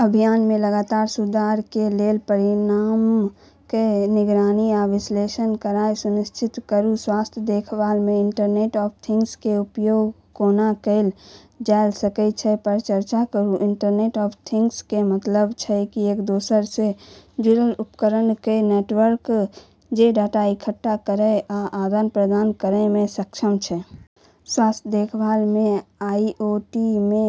अभियान मे लगातार सुधार कें लेल परिणामक कें निगरानी आ विश्लेषण करनाय सुनिश्चित करूं. स्वास्थ्य देखभाल मे इंटरनेट ऑफ थिंग्स कें उपयोग कोना कैल जा सकएय छै, पर चर्चा करूं. इंटरनेट ऑफ थिंग्स कें मतलब छै एक दोसरा सं जुड़ल उपकरणक कें नेटवर्क जे डाटा इकट्ठा करय आ आदान-प्रदान करय मे सक्षम छै. स्वास्थ्य देखभाल मे आईओटी मे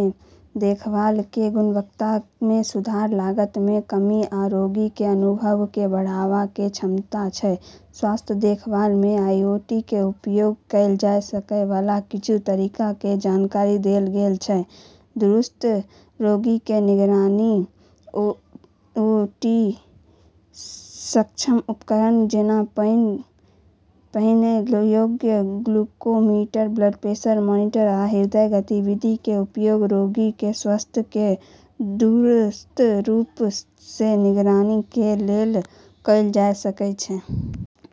देखभाल कें गुणवत्ता मे सुधार, लागत मे कमी आ रोगी कें अनुभव कें बढ़ावा कें क्षमता छै. स्वास्थ्य देखभाल मे आईओटी कें उपयोग कैल जा सकय वाला किच्छू तरीकाक कें जानकारी देल गेल छै: दूरस्थ रोगी कें निगरानी: आईओटी-सक्षम उपकरणक जेना पहनय योग्य, ग्लूकोमीटर, ब्लड प्रेशर मॉनिटर, आ हृदय गति मॉनिटर कें उपयोग रोगी कें स्वास्थ्य कें दूरस्थ रूप सं निगरानी कें लेल कैल जा सकय छै.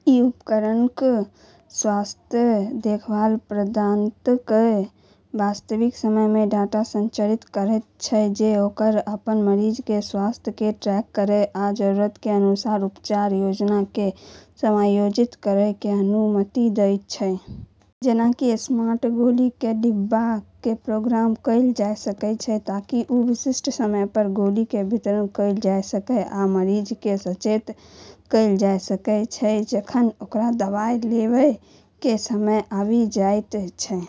इ उपकरणक स्वास्थ्य देखभाल प्रदाताक कें वास्तविक समय मे डाटा संचारित करयत छै, जे ओकरा अपन मरीजक कें स्वास्थ्य कें ट्रैक करय आ जरूरत कें अनुसार उपचार योजना कें समायोजित करय कें अनुमति देयत छै. जेना कि स्मार्ट गोलीक कें डिब्बा कें प्रोग्राम कैल जा सकएय छै ताकि ओ विशिष्ट समय पर गोली कें वितरण कैल जा सकएय आ मरीजक कें सचेत कैल जा सकएय छै जखन ओकर दवाई लेवय कें समय आबि जायत छै.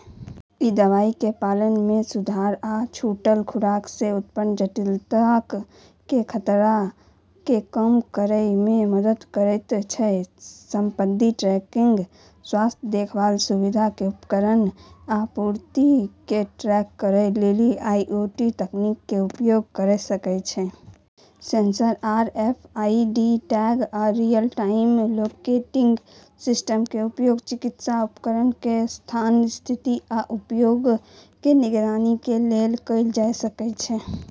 इ दवाई कें पालन मे सुधार आ छूटल खुराक सं उत्पन्न जटिलताक कें खतरा कें कम करएय मे मदद करएयत छै. संपत्ति ट्रैकिंग: स्वास्थ्य देखभाल सुविधाक उपकरण आ आपूर्ति कें ट्रैक करय कें लेल आईओटी तकनीक कें उपयोग कयर सकय छै. सेंसर, आरएफआईडी टैग, आ रियल-टाइम लोकेटिंग सिस्टम कें उपयोग चिकित्सा उपकरणक कें स्थान, स्थिति आ उपयोग कें निगरानी कें लेल कैल जा सकय छै.